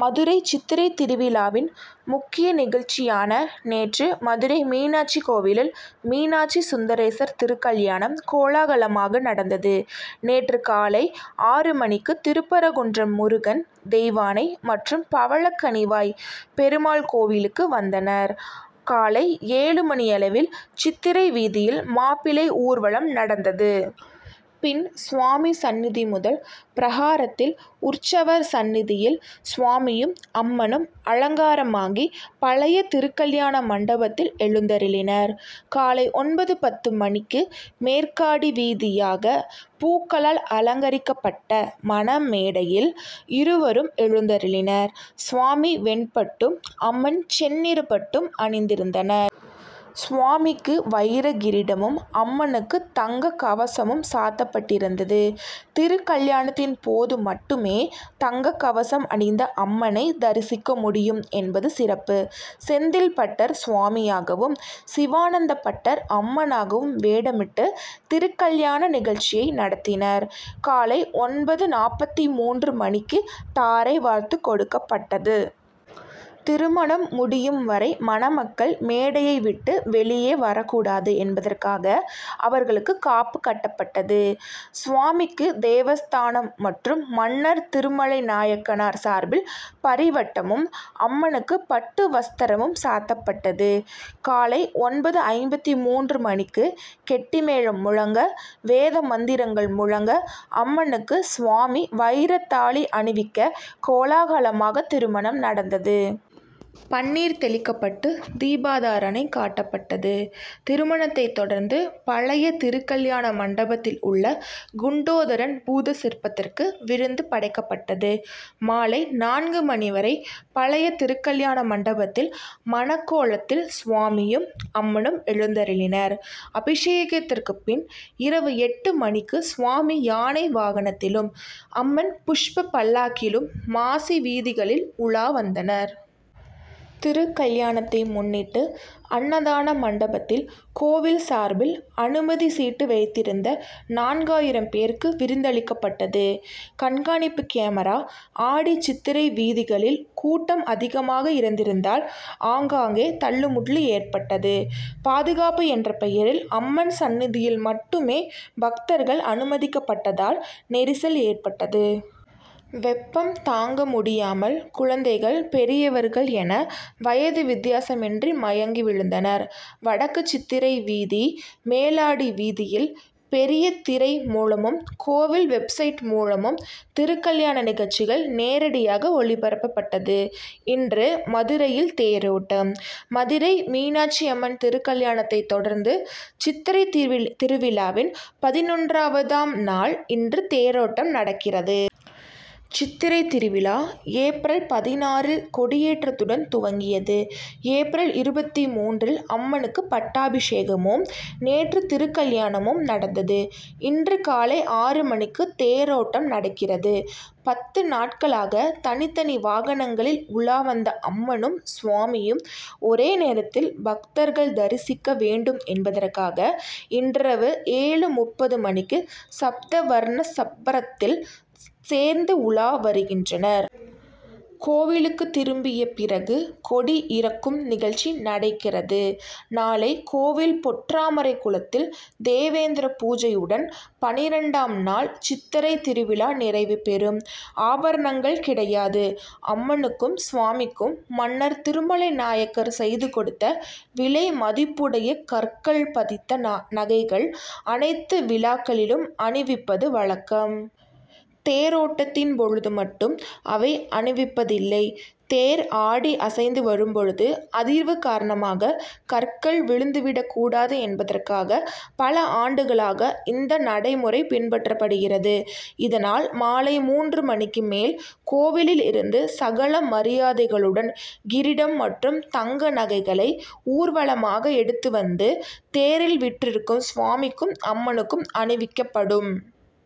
மதுரை சித்திரை திருவிழாவின் முக்கிய நிகழ்ச்சியான நேற்று மதுரை மீனாட்சி கோவிலில் மீனாட்சி சுந்தரேஸர் திருக்கல்யாணம் கோலாகலமாக நடந்தது. நேற்று காலை ஆறு மணிக்கு திருப்பரங்குன்றம் முருகன் தெய்வானை மற்றும் பவளக்கனிவாய் பெருமாள் கோவிலுக்கு வந்தனர். காலை ஏழு மணியளவில் சித்திரை வீதிகளில் மாப்பிள்ளை ஊர்வலம் நடந்தது. பின் சுவாமி சன்னிதி முதல் பிரகாரத்தில் உற்சவர் சன்னிதியில் சுவாமியும் அம்மனும் அலங்காரமாகி பழைய திருக்கல்யாண மண்டபத்தில் எழுந்தருளினர். காலை ஒன்பது பத்து மணிக்கு மேற்காடி வீதியாக பூக்களால் அலங்கரிக்கப்பட்ட மண மேடையில் இருவரும் எழுந்தருளினர். சுவாமி வெண் பட்டும் அம்மன் செந்நிற பட்டும் அணிந்திருந்தனர். சுவாமிக்கு வைரக் கிரீடமும் அம்மனுக்கு தங்கக் கவசமும் சாத்தப்பட்டிருந்தது. திருக்கல்யாணத்தின் போது மட்டுமே தங்கக் கவசம் அணிந்த அம்மனை தரிசிக்க முடியும் என்பது சிறப்பு. செந்தில் பட்டர் சுவாமியாகவும் சிவானந்த பட்டர் அம்மனாகவும் வேடமிட்டு திருக்கல்யாண நிகழ்ச்சியை நடத்தினர். காலை ஒன்பது நாப்பத்து மூன்று மணிக்கு தாரை வார்த்து கொடுக்கப்பட்டது. திருமணம் முடியும் வரை மணமக்கள் மேடையை விட்டு வெளியே வரக்கூடாது என்பதற்காக அவர்களுக்கு காப்பு கட்டப்பட்டது. சுவாமிக்கு தேவஸ்தானம் மற்றும் மன்னர் திருமலை நாயக்கனார் சார்பில் பரி வட்ட மும் அம்மனுக்கு பட்டு வஸ்திரமும் சாத்தப்பட்டது. காலை ஒன்பது ஐம்பத்து மூன்று மணிக்கு கெட்டி மேளம் முழங்க வேத மந்திரங்கள் முழங்க அம்மனுக்கு சுவாமி வைரத் தாலி அணிவிக்க கோலாகலமாக திருமணம் நடந்தது. பன்னீர் தெளிக்கப்பட்டு தீபாதாரனை காட்டப்பட்டது. திருமணத்தைத் தொடர்ந்து பழைய திருக்கல்யாண மண்டபத்தில் உள்ள குண்டோதரன் பூத சிற்பத்திற்கு விருந்து படைக்கப்பட்டது. மாலை நான்கு மணி வரை பழைய திருக்கல்யாண மண்டபத்தில் மணக் கோலத்தில் சுவாமியும் அம்மனும் எழுந்தருளினர். அபிஷேகத்திற்கு பின் இரவு எட்டு மணிக்கு சுவாமி யானை வாகனத்திலும் அம்மன் புஷ்ப பல்லாக்கிலும் மாசி வீதிகளில் உலா வந்தனர். திருக்கல்யாணத்தை முன்னிட்டு அன்னதான மண்டபத்தில் கோவில் சார்பில் அனுமதி சீட்டு வைத்திருந்த நான்கு ஆயிரம் பேருக்கு விருந்து அளிக்கப்பட்டது. கண்காணிப்பு கேமரா ஆடி சித்திரை வீதிகளில் கூட்டம் அதிகமாக இருந்ததால் ஆங்காங்கே தள்ளுமுள்ளு ஏற்பட்டது. பாதுகாப்பு என்ற பெயரில் அம்மன் சன்னிதியில் மட்டுமே பக்தர்கள் அனுமதிக்கப்பட்டதால் நெரிசல் ஏற்பட்டது. வெப்பம் தாங்க முடியாமல் குழந்தைகள் பெரியவர்கள் என வயது வித்தியாசமின்றி மயங்கி விழுந்தனர். வடக்கு சித்திரை வீதி மேலாடி வீதியில் பெரிய திரை மூலமும் கோவில் வெப்சைட் மூலமும் திருக்கல்யாண நிகழ்ச்சிகள் நேரடியாக ஒளிபரப்பப்பட்டது. இன்று மதுரையில் தேரோட்டம் மதுரை மீனாட்சி அம்மன் திருக்கல்யாணத்தைத் தொடர்ந்து சித்திரைத் திருவிழாவின் பதினொன்றாவதாம் நாள் இன்று தேரோட்டம் நடக்கிறது. சித்திரைத் திருவிழா ஏப்ரல் பதினாறு இல் கொடியேற்றத்துடன் துவங்கியது. ஏப்ரல் இருபத்து மூன்று ல் அம்மனுக்கு பட்டா பிஷேகமும் நேற்று திருக்கல்யாணமும் நடந்தது. இன்று காலை ஆறு மணிக்கு தேரோட்டம் நடக்கிறது. பத்து நாட்களாக தனித்தனி வாகனங்களில் உலா வந்த அம்மனும் சுவாமியும் ஒரே நேரத்தில் பக்தர்கள் தரிசிக்க வேண்டும் என்பதற்காக இன்றிரவு ஏழு முப்பது மணிக்கு சப்தாவர்ண சப்பரத்தில் சேர்ந்து உலா வருகின்றனர். கோவிலுக்கு திரும்பிய பிறகு கொடி இறக்கும் நிகழ்ச்சி நடக்கிறது. நாளை கோவில் பொற்றாமரைக் குளத்தில் தேவேந்திர பூஜையுடன் பன்னிரண்டாம் நாள் சித்திரைத் திருவிழா நிறைவு பெறும். ஆபரணங்கள் கிடையாது அம்மனுக்கும் சுவாமிக்கும் மன்னர் திருமலை நாயக்கர் செய்து கொடுத்த விலை மதிப்புடைய கற்கள் பதித்த நகைகள் அனைத்து விழாக்களிலும் அணிவிப்பது வழக்கம். தேரோட்டத்தின் போது மட்டும் அவை அணிவிப்பதில்லை. தேர் ஆடி அசைந்து வரும் பொழுது அதிர்வு காரணமாக கற்கள் விழுந்து விடக்கூடாது என்பதற்காக பல ஆண்டுகளாக இந்த நடைமுறை பின்பற்றப்படுகிறது. இதனால் மாலை மூன்று மணிக்கு மேல் கோவிலில் இருந்து சகல மரியாதைகளுடன் கிரீடம் மற்றும் தங்க நகைகளை ஊர்வலமாக எடுத்து வந்து தேரில் வீற்றிருக்கும் சுவாமிக்கும் அம்மனுக்கும் அணிவிக்கப்படும்.